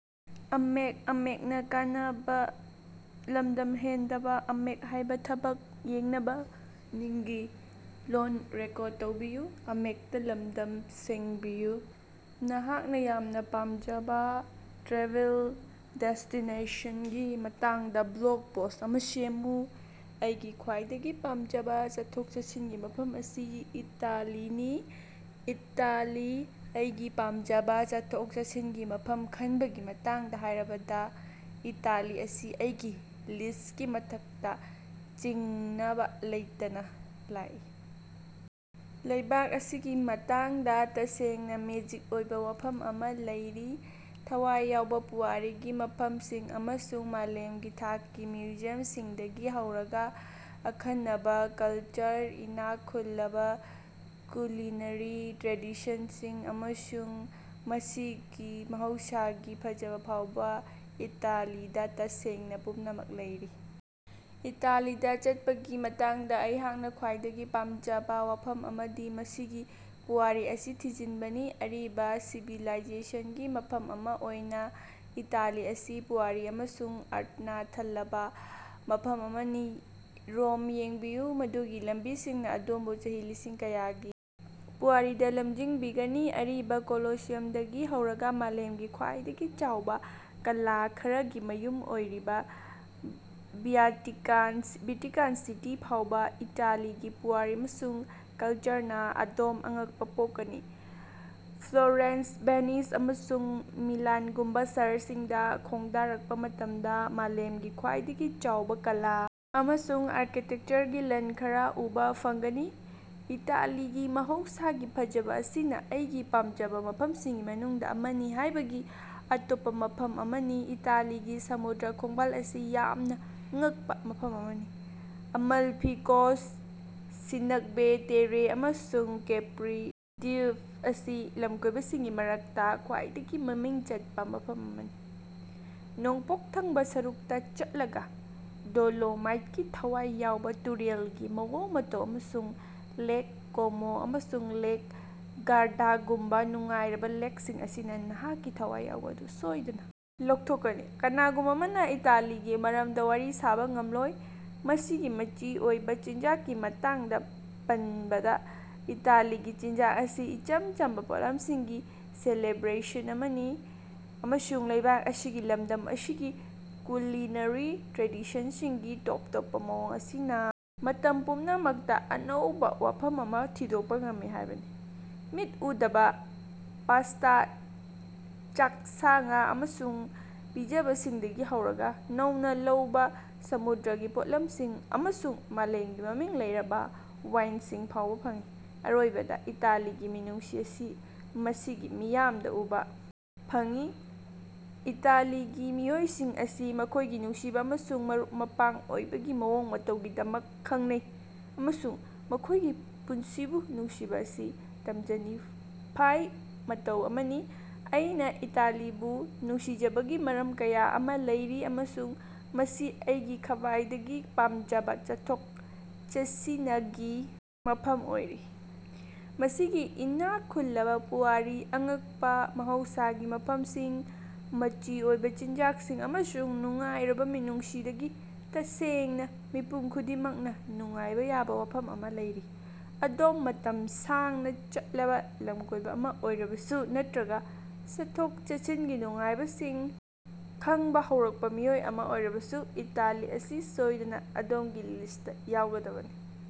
ꯅꯍꯥꯛꯅ ꯌꯥꯝꯅ ꯄꯥꯝꯖꯕ ꯇ꯭ꯔꯥꯚꯦꯜ ꯗꯦꯁ꯭ꯇꯤꯅꯦꯁꯟꯒꯤ ꯃꯇꯥꯡꯗ ꯕ꯭ꯂꯣꯒ ꯄꯣꯁ ꯑꯃ ꯁꯦꯝꯃꯨ꯫ ꯑꯩꯒꯤ ꯈ꯭ꯋꯥꯏꯗꯒꯤ ꯄꯥꯝꯖꯕ ꯆꯠꯊꯣꯛ-ꯆꯠꯁꯤꯟꯒꯤ ꯃꯐꯝ ꯑꯁꯤ ꯏꯇꯥꯂꯤꯅꯤ꯫ ꯏꯇꯥꯂꯤ: ꯑꯩꯒꯤ ꯄꯥꯝꯖꯕ ꯆꯠꯊꯣꯛ-ꯆꯠꯁꯤꯟꯒꯤ ꯃꯐꯝ ꯈꯟꯕꯒꯤ ꯃꯇꯥꯡꯗ ꯍꯥꯏꯔꯕꯗ, ꯏꯇꯥꯂꯤ ꯑꯁꯤ ꯑꯩꯒꯤ ꯂꯤꯁ꯭ꯇꯀꯤ ꯃꯊꯛꯇ ꯆꯤꯡꯅꯕ ꯂꯩꯇꯅ ꯂꯥꯛꯏ꯫ ꯂꯩꯕꯥꯛ ꯑꯁꯤꯒꯤ ꯃꯇꯥꯡꯗ ꯇꯁꯦꯡꯅ ꯃꯦꯖꯤꯛ ꯑꯣꯏꯕ ꯋꯥꯐꯝ ꯑꯃ ꯂꯩꯔꯤ꯫ ꯊꯋꯥꯏ ꯌꯥꯎꯕ ꯄꯨꯋꯥꯔꯤꯒꯤ ꯃꯐꯝꯁꯤꯡ ꯑꯃꯁꯨꯡ ꯃꯥꯂꯦꯝꯒꯤ ꯊꯥꯛꯀꯤ ꯃ꯭ꯌꯨꯖꯤꯌꯝꯁꯤꯡꯗꯒꯤ ꯍꯧꯔꯒ ꯑꯈꯟꯅꯕꯥ ꯀꯂꯆꯔ, ꯏꯅꯥꯛ ꯈꯨꯜꯂꯕ ꯀꯨꯂꯤꯅꯔꯤ ꯇ꯭ꯔꯦꯗꯤꯁꯟꯁꯤꯡ, ꯑꯃꯁꯨꯡ ꯃꯁꯤꯒꯤ ꯃꯍꯧꯁꯥꯒꯤ ꯐꯖꯕ ꯐꯥꯎꯕ ꯏꯇꯥꯂꯤꯗ ꯇꯁꯦꯡꯅ ꯄꯨꯝꯅꯃꯛ ꯂꯩꯔꯤ꯫ ꯏꯇꯥꯂꯤꯗ ꯆꯠꯄꯒꯤ ꯃꯇꯥꯡꯗ ꯑꯩꯍꯥꯛꯅ ꯈ꯭ꯋꯥꯏꯗꯒꯤ ꯄꯥꯝꯖꯕ ꯋꯥꯐꯝ ꯑꯃꯗꯤ ꯃꯁꯤꯒꯤ ꯄꯨꯋꯥꯔꯤ ꯑꯁꯤ ꯊꯤꯖꯤꯟꯕꯅꯤ꯫ ꯑꯔꯤꯕ ꯁꯤꯚꯤꯂꯥꯏꯖꯦꯁꯟꯒꯤ ꯃꯐꯝ ꯑꯃ ꯑꯣꯏꯅ ꯏꯇꯥꯂꯤ ꯑꯁꯤ ꯄꯨꯋꯥꯔꯤ ꯑꯃꯁꯨꯡ ꯑꯥꯔꯇꯅ ꯊꯜꯂꯕ ꯃꯐꯝ ꯑꯃꯅꯤ꯫ ꯔꯣꯝ ꯌꯦꯡꯕꯤꯌꯨ, ꯃꯗꯨꯒꯤ ꯂꯝꯕꯤꯁꯤꯡꯅ ꯑꯗꯣꯝꯕꯨ ꯆꯍꯤ ꯂꯤꯁꯤꯡ ꯀꯌꯥꯒꯤ ꯄꯨꯋꯥꯔꯤꯗ ꯂꯝꯖꯤꯡꯕꯤꯒꯅꯤ, ꯑꯔꯤꯕ ꯀꯣꯂꯣꯁꯤꯌꯝꯗꯒꯤ ꯍꯧꯔꯒ ꯃꯥꯂꯦꯝꯒꯤ ꯈ꯭ꯋꯥꯏꯗꯒꯤ ꯆꯥꯎꯕ ꯀꯂꯥ ꯈꯔꯒꯤ ꯃꯌꯨꯝ ꯑꯣꯏꯔꯤꯕ ꯚꯤꯌꯥꯇꯤꯀꯥꯟꯁ ꯚ꯭ꯌꯥꯇꯤꯀꯥꯟ ꯁꯤꯇꯤ ꯐꯥꯎꯕ ꯏꯇꯥꯂꯤꯒꯤ ꯄꯨꯋꯥꯔꯤ ꯑꯃꯁꯨꯡ ꯀꯂꯆꯔꯅ ꯑꯗꯣꯝ ꯑꯉꯛꯄ ꯄꯣꯛꯀꯅꯤ꯫ ꯐ꯭ꯂꯣꯔꯦꯟꯁ, ꯚꯦꯅꯤꯁ, ꯑꯃꯁꯨꯡ ꯃꯤꯂꯥꯟꯒꯨꯝꯕ ꯁꯍꯔꯁꯤꯡꯗ ꯈꯣꯡꯗꯥꯔꯛꯄ ꯃꯇꯝꯗ ꯃꯥꯂꯦꯝꯒꯤ ꯈ꯭ꯋꯥꯏꯗꯒꯤ ꯆꯥꯎꯕ ꯀꯂꯥ ꯑꯃꯁꯨꯡ ꯑꯥꯔꯀꯤꯇꯦꯛꯆꯔꯒꯤ ꯂꯟ ꯈꯔ ꯎꯕ ꯐꯪꯒꯅꯤ꯫ ꯏꯇꯥꯂꯤꯒꯤ ꯃꯍꯧꯁꯥꯒꯤ ꯐꯖꯕ ꯑꯁꯤꯅ ꯑꯩꯒꯤ ꯄꯥꯝꯖꯕ ꯃꯐꯝꯁꯤꯡꯒꯤ ꯃꯅꯨꯡꯗ ꯑꯃꯅꯤ ꯍꯥꯏꯕꯒꯤ ꯑꯇꯣꯞꯄ ꯃꯔꯝ ꯑꯃꯅꯤ꯫ ꯏꯇꯥꯂꯤꯒꯤ ꯁꯃꯨꯗ꯭ꯔ ꯈꯣꯡꯕꯥꯜ ꯑꯁꯤ ꯌꯥꯝꯅ ꯉꯛꯄ ꯃꯐꯝ ꯑꯃꯅꯤ, ꯑꯃꯜꯐꯤ ꯀꯣꯁ꯭ꯠ, ꯁꯤꯅꯛꯕꯦ ꯇꯦꯔꯦ ꯑꯃꯁꯨꯡ ꯀꯦꯄ꯭ꯔꯤ ꯗ꯭ꯕꯤꯞ ꯑꯁꯤ ꯂꯝꯀꯣꯏꯕꯁꯤꯡꯒꯤ ꯃꯔꯛꯇ ꯈ꯭ꯋꯥꯏꯗꯒꯤ ꯃꯃꯤꯡ ꯆꯠꯄ ꯃꯐꯝ ꯑꯃꯅꯤ꯫ ꯅꯣꯡꯄꯣꯛ ꯊꯪꯕꯥ ꯁꯔꯨꯛꯇꯥ ꯆꯠꯂꯒꯥ ꯗꯣꯂꯣꯃꯥꯏꯠꯀꯤ ꯊꯋꯥꯏ ꯌꯥꯎꯕ ꯇꯨꯔꯦꯜꯒꯤ ꯃꯑꯣꯡ ꯃꯇꯧ ꯑꯃꯁꯨꯡ ꯂꯦꯛ ꯀꯣꯃꯣ ꯑꯃꯁꯨꯡ ꯂꯦꯛ ꯒꯥꯔꯗꯥꯒꯨꯝꯕꯥ ꯅꯨꯡꯉꯥꯏꯔꯕꯥ ꯂꯦꯛꯁꯤꯡ ꯑꯁꯤꯅ ꯅꯍꯥꯛꯀꯤ ꯊꯋꯥꯏ ꯌꯥꯎꯕ ꯑꯗꯨ ꯁꯣꯏꯗꯅ ꯂꯧꯊꯣꯛꯀꯅꯤ꯫ ꯀꯅꯥꯒꯨꯝꯕ ꯑꯃꯅ ꯏꯇꯥꯂꯤꯒꯤ ꯃꯔꯝꯗ ꯋꯥꯔꯤ ꯁꯥꯕꯥ ꯉꯝꯂꯣꯏ, ꯃꯁꯤꯒꯤ ꯃꯆꯤ ꯑꯣꯏꯕꯥ ꯆꯤꯟꯖꯥꯛꯀꯤ ꯃꯇꯥꯡꯗ ꯄꯟꯕꯗ꯫ ꯏꯇꯥꯂꯤꯒꯤ ꯆꯤꯟꯖꯥꯛ ꯑꯁꯤ ꯏꯆꯝ ꯆꯝꯕꯥ ꯄꯣꯠꯂꯝꯁꯤꯡꯒꯤ ꯁꯦꯂꯦꯕ꯭ꯔꯦꯁꯟ ꯑꯃꯅꯤ, ꯑꯃꯁꯨꯡ ꯂꯩꯕꯥꯛ ꯑꯁꯤꯒꯤ ꯂꯝꯗꯝ ꯑꯁꯤꯒꯤ ꯀꯨꯂꯤꯅꯔꯤ ꯇ꯭ꯔꯦꯗꯤꯁꯟꯁꯤꯡꯒꯤ ꯇꯣꯞ ꯇꯣꯞꯄꯥ ꯃꯑꯣꯡ ꯑꯁꯤꯅꯥ ꯃꯇꯝ ꯄꯨꯝꯅꯃꯛꯇ ꯑꯅꯧꯕ ꯋꯥꯐꯝ ꯑꯃ ꯊꯤꯗꯣꯛꯄ ꯉꯝꯃꯤ ꯍꯥꯏꯕꯅꯤ꯫ ꯃꯤꯠ ꯎꯗꯕ ꯄꯥꯁꯇꯥ ꯆꯥꯛꯁꯉ ꯑꯃꯁꯨꯡ ꯄꯤꯖꯕꯁꯤꯡꯗꯒꯤ ꯍꯧꯔꯒꯥ ꯅꯧꯅꯥ ꯂꯧꯕꯥ ꯁꯃꯨꯗ꯭ꯔꯒꯤ ꯄꯣꯠꯂꯝꯁꯤꯡ ꯑꯃꯁꯨꯡ ꯃꯥꯂꯦꯝꯒꯤ ꯃꯃꯤꯡ ꯂꯩꯔꯕ ꯋꯥꯏꯟꯁꯤꯡ ꯐꯥꯎꯕ ꯐꯪꯏ꯫ ꯑꯔꯣꯏꯕꯗ ꯏꯇꯥꯂꯤꯒꯤ ꯃꯤꯅꯨꯡꯁꯤ ꯑꯁꯤ ꯃꯁꯤꯒꯤ ꯃꯤꯌꯥꯝꯗ ꯎꯕ ꯐꯪꯏ꯫ ꯏꯇꯥꯂꯤꯒꯤ ꯃꯤꯑꯣꯏꯁꯤꯡ ꯑꯁꯤ ꯃꯈꯣꯏꯒꯤ ꯅꯨꯡꯁꯤꯕ ꯑꯃꯁꯨꯡ ꯃꯔꯨꯞ-ꯃꯄꯥꯡ ꯑꯣꯏꯕꯒꯤ ꯃꯑꯣꯡ ꯃꯇꯧꯒꯤꯗꯃꯛ ꯈꯪꯅꯩ, ꯑꯃꯁꯨꯡ ꯃꯈꯣꯏꯒꯤ ꯄꯨꯟꯁꯤꯕꯨ ꯅꯨꯡꯁꯤꯕ ꯑꯁꯤ ꯇꯝꯖꯅꯤꯐꯥꯏ ꯃꯇꯧ ꯑꯃꯅꯤ꯫ ꯑꯩꯅ ꯏꯇꯥꯂꯤꯕꯨ ꯅꯨꯡꯁꯤꯖꯕꯒꯤ ꯃꯔꯝ ꯀꯌꯥ ꯑꯃꯥ ꯂꯩꯔꯤ, ꯑꯃꯁꯨꯡ ꯃꯁꯤ ꯑꯩꯒꯤ ꯈ꯭ꯕꯥꯏꯗꯒꯤ ꯄꯥꯃꯖꯕꯥ ꯆꯠꯊꯣꯛ-ꯆꯠꯁꯤꯅꯒꯤ ꯃꯐꯝ ꯑꯣꯏꯔꯤ꯫ ꯃꯁꯤꯒꯤ ꯏꯅꯥꯛ ꯈꯨꯜꯂꯕꯥ ꯄꯨꯋꯥꯔꯤ, ꯑꯉꯛꯄ ꯃꯍꯧꯁꯥꯒꯤ ꯃꯐꯝꯁꯤꯡ, ꯃꯆꯤ ꯑꯣꯏꯕ ꯆꯤꯟꯖꯥꯛꯁꯤꯡ, ꯑꯃꯁꯨꯡ ꯅꯨꯡꯉꯥꯏꯔꯕ ꯃꯤꯅꯨꯡꯁꯤꯗꯒꯤ, ꯇꯁꯦꯡꯅꯥ ꯃꯤꯄꯨꯝ ꯈꯨꯗꯤꯡꯃꯛꯅ ꯅꯨꯡꯉꯥꯏꯕ ꯌꯥꯕ ꯋꯥꯐꯝ ꯑꯃ ꯂꯩꯔꯤ꯫ ꯑꯗꯣꯝ ꯃꯇꯝ ꯁꯥꯡꯅ ꯆꯠꯂꯕ ꯂꯝꯀꯣꯏꯕ ꯑꯃ ꯑꯣꯏꯔꯕꯁꯨ, ꯅꯠꯇ꯭ꯔꯒ ꯆꯠꯊꯣꯛ-ꯆꯠꯁꯤꯟꯒꯤ ꯅꯨꯡꯉꯥꯏꯕꯁꯤꯡ ꯈꯪꯕꯥ ꯍꯧꯔꯛꯄ ꯃꯤꯑꯣꯏ ꯑꯃ ꯑꯣꯏꯔꯕꯁꯨ, ꯏꯇꯥꯂꯤ ꯑꯁꯤ ꯁꯣꯏꯗꯅ ꯑꯗꯣꯝꯒꯤ ꯂꯤꯁꯇ ꯌꯥꯎꯒꯗꯕꯅꯤ꯫